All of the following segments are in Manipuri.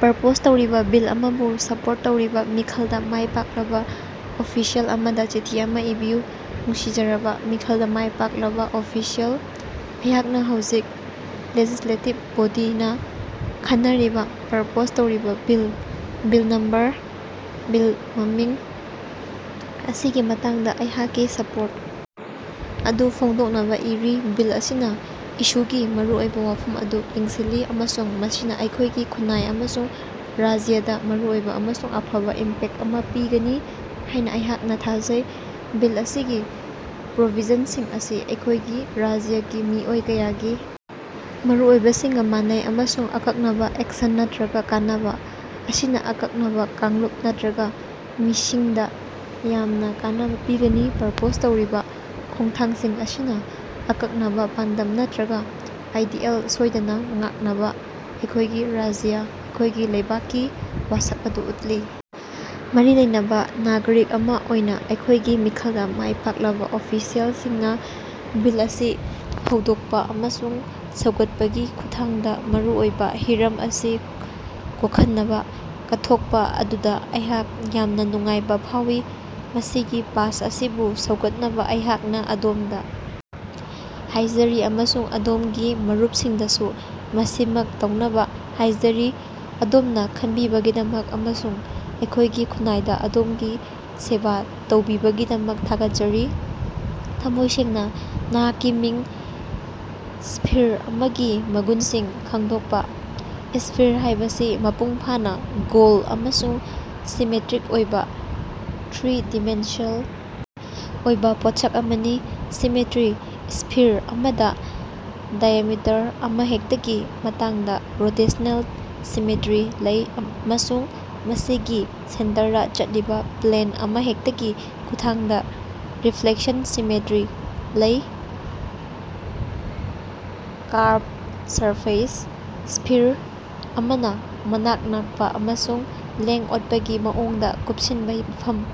ꯄ꯭ꯔꯄꯣꯖ ꯇꯧꯔꯤꯕ ꯕꯤꯜ ꯑꯃꯕꯨ ꯁꯄꯣꯔꯠ ꯇꯧꯔꯤꯕ ꯃꯤꯈꯜꯗ ꯃꯥꯏ ꯄꯥꯛꯂꯕ ꯑꯣꯐꯤꯁꯤꯑꯦꯜ ꯑꯃꯗ ꯆꯤꯊꯤ ꯑꯃ ꯏꯕꯤꯌꯨ꯫ ꯅꯨꯡꯁꯤꯖꯔꯕ [ꯃꯤꯈꯜꯗ ꯃꯥꯏ ꯄꯥꯛꯂꯕ ꯑꯣꯐꯤꯁꯤꯑꯦꯜ], ꯑꯩꯍꯥꯛꯅ ꯍꯧꯖꯤꯛ [ꯂꯦꯖꯤꯁ꯭ꯂꯦꯇꯤꯕ ꯕꯣꯗꯤ]ꯅ ꯈꯟꯅꯔꯤꯕ ꯄ꯭ꯔꯄꯣꯖ ꯇꯧꯔꯤꯕ ꯕꯤꯜ [ꯕꯤꯜ ꯅꯝꯕꯔ/ꯃꯃꯤꯡ] ꯑꯁꯤꯒꯤ ꯃꯇꯥꯡꯗ ꯑꯩꯍꯥꯛꯀꯤ ꯁꯄꯣꯔꯠ ꯑꯗꯨ ꯐꯣꯡꯗꯣꯛꯅꯕ ꯏꯔꯤ꯫ ꯕꯤꯜ ꯑꯁꯤꯅ [ꯏꯁꯨ]ꯒꯤ ꯃꯔꯨꯑꯣꯏꯕ ꯋꯥꯐꯝ ꯑꯗꯨ ꯌꯦꯡꯁꯤꯜꯂꯤ, ꯑꯃꯁꯨꯡ ꯃꯁꯤꯅ ꯑꯩꯈꯣꯏꯒꯤ ꯈꯨꯟꯅꯥꯏ ꯑꯃꯁꯨꯡ ꯔꯥꯖ꯭ꯌꯗ ꯃꯔꯨꯑꯣꯏꯕ ꯑꯃꯁꯨꯡ ꯑꯐꯕ ꯏꯝꯄꯦꯛꯇ ꯑꯃ ꯄꯤꯒꯅꯤ ꯍꯥꯏꯅ ꯑꯩꯍꯥꯛꯅ ꯊꯥꯖꯩ꯫ ꯕꯤꯜ ꯑꯁꯤꯒꯤ ꯄ꯭ꯔꯣꯕꯤꯖꯟꯁꯤꯡ ꯑꯁꯤ ꯑꯩꯈꯣꯏꯒꯤ ꯔꯥꯖ꯭ꯌꯒꯤ ꯃꯤꯑꯣꯏ ꯀꯌꯥꯒꯤ ꯃꯔꯨꯑꯣꯏꯕꯁꯤꯡꯒ ꯃꯥꯟꯅꯩ, ꯑꯃꯁꯨꯡ [ꯑꯀꯛꯅꯕ ꯑꯦꯛꯁꯟ ꯅꯠꯇ꯭ꯔꯒꯥ ꯀꯥꯟꯅꯕ] ꯑꯁꯤꯅ ꯑꯀꯛꯅꯕ ꯀꯥꯡꯂꯨꯞ ꯅꯠꯇ꯭ꯔꯒꯥ ꯃꯤꯁꯤꯡ ꯗ ꯌꯥꯝꯅ ꯀꯥꯟꯅꯕ ꯄꯤꯒꯅꯤ꯫ ꯄ꯭ꯔꯄꯣꯖ ꯇꯧꯔꯤꯕ ꯈꯣꯡꯊꯥꯡꯁꯤꯡ ꯑꯁꯤꯅ ꯑꯀꯛꯅꯕ ꯄꯥꯟꯗꯝ ꯅꯠꯇ꯭ꯔꯒꯥ ꯑꯥꯏꯗꯤꯌꯦꯜ ꯁꯣꯏꯗꯅ ꯉꯥꯛꯅꯕ ꯑꯩꯈꯣꯏꯒꯤ ꯔꯥꯖ꯭ꯌ ꯑꯩꯈꯣꯏꯒꯤ ꯂꯩꯕꯥꯛꯀꯤ ꯋꯥꯁꯛ ꯑꯗꯨ ꯎꯠꯂꯤ꯫ ꯃꯔꯤ ꯂꯩꯅꯕ ꯅꯥꯒꯔꯤꯛ ꯑꯃ ꯑꯣꯏꯅ ꯑꯩꯈꯣꯏꯒꯤ ꯃꯤꯈꯜꯗ ꯃꯥꯏ ꯄꯥꯛꯂꯕ ꯑꯣꯐꯤꯁꯤꯑꯦꯜꯁꯤꯡꯅ ꯕꯤꯜ ꯑꯁꯤ ꯍꯧꯗꯣꯛꯄ ꯑꯃꯁꯨꯡ ꯁꯧꯒꯠꯄꯒꯤ ꯈꯨꯠꯊꯥꯡꯗ ꯃꯔꯨ ꯑꯣꯏꯕ ꯍꯤꯔꯝ ꯑꯁꯤ ꯀꯣꯈꯟꯅꯕ ꯀꯠꯊꯣꯛꯄ ꯑꯗꯨꯗ ꯑꯩꯍꯥꯛ ꯌꯥꯝꯅ ꯅꯨꯡꯉꯥꯏꯕ ꯐꯥꯎꯏ꯫ ꯃꯁꯤꯒꯤ ꯄꯥꯁ ꯑꯁꯤꯕꯨ ꯁꯧꯒꯠꯅꯕ ꯑꯩꯍꯥꯛꯅ ꯑꯗꯣꯝꯗ ꯍꯥꯏꯖꯔꯤ ꯑꯃꯁꯨꯡ ꯑꯗꯣꯝꯒꯤ ꯃꯔꯨꯞꯁꯤꯡꯗꯁꯨ ꯃꯁꯤꯃꯛ ꯇꯧꯅꯕ ꯍꯥꯏꯖꯔꯤ꯫ ꯑꯗꯣꯝꯅ ꯈꯟꯕꯤꯕꯒꯤꯗꯃꯛ ꯑꯃꯁꯨꯡ ꯑꯩꯈꯣꯏꯒꯤ ꯈꯨꯟꯅꯥꯏꯗ ꯑꯗꯣꯝꯒꯤ ꯁꯦꯕ ꯇꯧꯕꯤꯕꯒꯤꯗꯃꯛ ꯊꯥꯒꯠꯆꯔꯤ꯫ ꯊꯃꯣꯏ ꯁꯦꯡꯅ, ꯅꯍꯥꯛꯀꯤ ꯃꯤꯡ꯫ ꯏꯁ꯭ꯐꯤꯔ ꯑꯃꯒꯤ ꯃꯒꯨꯟꯁꯤꯡ ꯈꯪꯗꯣꯛꯄ꯫ ꯏꯁ꯭ꯐꯤꯔ ꯍꯥꯏꯕꯁꯤ ꯃꯄꯨꯡ ꯐꯥꯅ ꯒꯣꯜꯗ ꯑꯃꯁꯨꯡ ꯁꯤꯃꯦꯇꯔꯤꯛ ꯑꯣꯏꯕ ꯊ꯭ꯔꯤ-ꯗꯤꯃꯦꯟꯁꯤꯌꯦꯜ ꯑꯣꯏꯕ ꯄꯣꯠꯁꯛ ꯑꯃꯅꯤ꯫ ꯁꯤꯃꯦꯇꯔꯤ: ꯏꯁ꯭ꯐꯤꯔ ꯑꯃꯗ ꯗꯥꯏꯑꯦꯃꯤꯇꯔ ꯑꯃꯍꯦꯛꯇꯒꯤ ꯃꯇꯥꯡꯗ ꯔꯣꯇꯦꯁꯅꯦꯜ ꯁꯤꯃꯦꯇꯔꯤ ꯂꯩ, ꯑꯃꯁꯨꯡ ꯃꯁꯤꯒꯤ ꯁꯦꯟꯇꯔꯗ ꯆꯠꯂꯤꯕ ꯄ꯭ꯂꯦꯟ ꯑꯃꯍꯦꯛꯇꯒꯤ ꯈꯨꯠꯊꯥꯡꯗ ꯔꯤꯐ꯭ꯂꯦꯛꯁꯟ ꯁꯤꯃꯦꯇꯔꯤ ꯂꯩ꯫ ꯀꯥꯔꯚ ꯁꯔꯐꯦꯁ: ꯏꯁ꯭ꯐꯤꯔ ꯑꯃꯅ ꯃꯅꯥꯛ ꯅꯛꯄ ꯑꯃꯁꯨꯡ ꯂꯦꯡ-ꯑꯣꯠꯄꯒꯤ ꯃꯑꯣꯡꯗ ꯀꯨꯄꯁꯤꯟꯕ ꯃꯐꯝ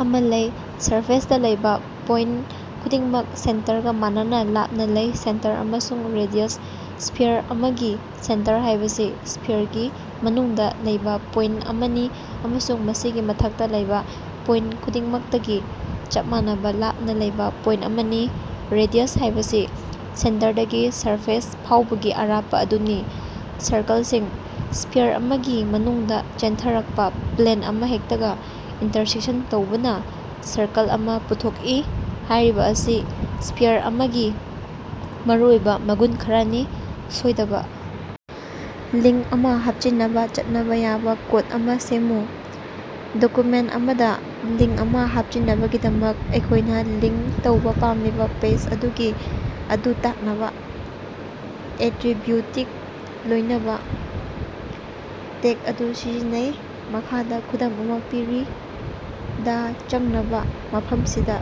ꯑꯃ ꯂꯩ꯫ ꯁꯔꯐꯦꯁꯇ ꯂꯩꯕ ꯄꯣꯏꯟꯇ ꯈꯨꯗꯤꯡꯃꯛ ꯁꯦꯟꯇꯔꯒ ꯃꯥꯟꯅꯅ ꯂꯥꯞꯅ ꯂꯩ꯫ ꯁꯦꯟꯇꯔ ꯑꯃꯁꯨꯡ ꯔꯦꯗꯤꯌꯁ: ꯏꯁ꯭ꯐꯤꯔ ꯑꯃꯒꯤ ꯁꯦꯟꯇꯔ ꯍꯥꯏꯕꯁꯤ ꯏꯁ꯭ꯐꯤꯔꯒꯤ ꯃꯅꯨꯡꯗ ꯂꯩꯕ ꯄꯣꯏꯟꯇ ꯑꯃꯅꯤ ꯑꯃꯁꯨꯡ ꯃꯁꯤꯒꯤ ꯃꯊꯛꯇ ꯂꯩꯕ ꯄꯣꯏꯟꯇ ꯈꯨꯗꯤꯡꯃꯛꯇꯒꯤ ꯆꯞ ꯃꯥꯟꯅꯕ ꯂꯥꯞꯅ ꯂꯩꯕ ꯄꯣꯏꯟꯇ ꯑꯃꯅꯤ꯫ ꯔꯦꯗꯤꯌꯁ ꯍꯥꯏꯕꯁꯤ ꯁꯦꯟꯇꯔꯗꯒꯤ ꯁꯔꯐꯦꯁ ꯐꯥꯎꯕꯒꯤ ꯑꯔꯥꯞꯄ ꯑꯗꯨꯅꯤ꯫ ꯁꯔꯀꯜꯁꯤꯡ: ꯏꯁ꯭ꯐꯤꯔ ꯑꯃꯒꯤ ꯃꯅꯨꯡꯗ ꯆꯦꯟꯊꯔꯛꯄ ꯄ꯭ꯂꯦꯟ ꯑꯃꯍꯦꯛꯇꯒ ꯏꯟꯇꯔꯁꯦꯛꯁꯟ ꯇꯧꯕꯅ ꯁꯔꯀꯜ ꯑꯃꯥ ꯄꯨꯊꯣꯛꯏ꯫ ꯍꯥꯏꯔꯤꯕ ꯑꯁꯤ ꯏꯁ꯭ꯐꯤꯔ ꯑꯃꯒꯤ ꯃꯔꯨꯑꯣꯏꯕ ꯃꯒꯨꯟ ꯈꯔꯅꯤ꯫ ꯁꯣꯏꯗꯕ! ꯂꯤꯡꯛ ꯑꯃ ꯍꯥꯞꯆꯤꯟꯅꯕ ꯆꯠꯅꯕ ꯌꯥꯕ ꯀꯣꯗ ꯑꯃ ꯁꯦꯝꯃꯨ꯫ ꯗꯣꯀꯌꯨꯃꯦꯟꯇ ꯑꯃꯗ ꯂꯤꯡꯛ ꯑꯃ ꯍꯥꯞꯆꯤꯟꯅꯕꯒꯤꯗꯃꯛ, ꯑꯩꯈꯣꯏꯅ ꯂꯤꯡꯛ ꯇꯧꯕ ꯄꯥꯝꯂꯤꯕ ꯄꯦꯖ ꯑꯗꯨꯒꯤ ꯑꯗꯨ ꯇꯥꯛꯅꯕ ꯑꯦꯇꯔꯤꯕꯤꯎꯇꯀ ꯂꯣꯏꯅꯕ ꯇꯦꯒ ꯑꯗꯨ ꯁꯤꯖꯤꯟꯅꯩ꯫ ꯃꯈꯥꯗ ꯈꯨꯗꯝ ꯑꯃ ꯄꯤꯔꯤ. ꯗꯥ ꯆꯪꯅꯕ ꯃꯐꯝꯁꯤꯗꯥ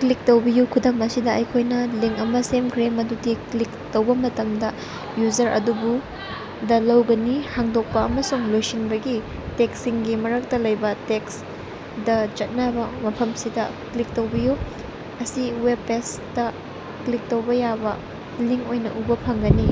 ꯀ꯭ꯂꯤꯛ ꯇꯧꯕꯤꯌꯨ ꯈꯨꯗꯝ ꯑꯁꯤꯗ, ꯑꯩꯈꯣꯏꯅ ꯂꯤꯡꯛ ꯑꯃ ꯁꯦꯝꯈ꯭ꯔꯦ ꯃꯗꯨꯗꯤ, ꯀ꯭ꯂꯤꯛ ꯇꯧꯕ ꯃꯇꯝꯗ, ꯌꯨꯖꯔ ꯑꯗꯨꯕꯨ ꯗ ꯂꯧꯒꯅꯤ꯫ ꯍꯥꯡꯗꯣꯛꯄ ꯑꯃꯁꯨꯡ ꯂꯣꯏꯁꯤꯟꯕꯒꯤ ꯇꯦꯒꯁꯤꯡꯒꯤ ꯃꯔꯛꯇ ꯂꯩꯕ ꯇꯦꯛꯁ (" ꯗ ꯆꯠꯅꯕ ꯃꯐꯝꯁꯤꯗ ꯀ꯭ꯂꯤꯛ ꯇꯧꯕꯤꯌꯨ") ꯑꯁꯤ ꯋꯦꯕꯄꯦꯖꯗ ꯀ꯭ꯂꯤꯛ ꯇꯧꯕ ꯌꯥꯕ ꯂꯤꯡꯛ ꯑꯣꯏꯅ ꯎꯕ ꯐꯪꯒꯅꯤ꯫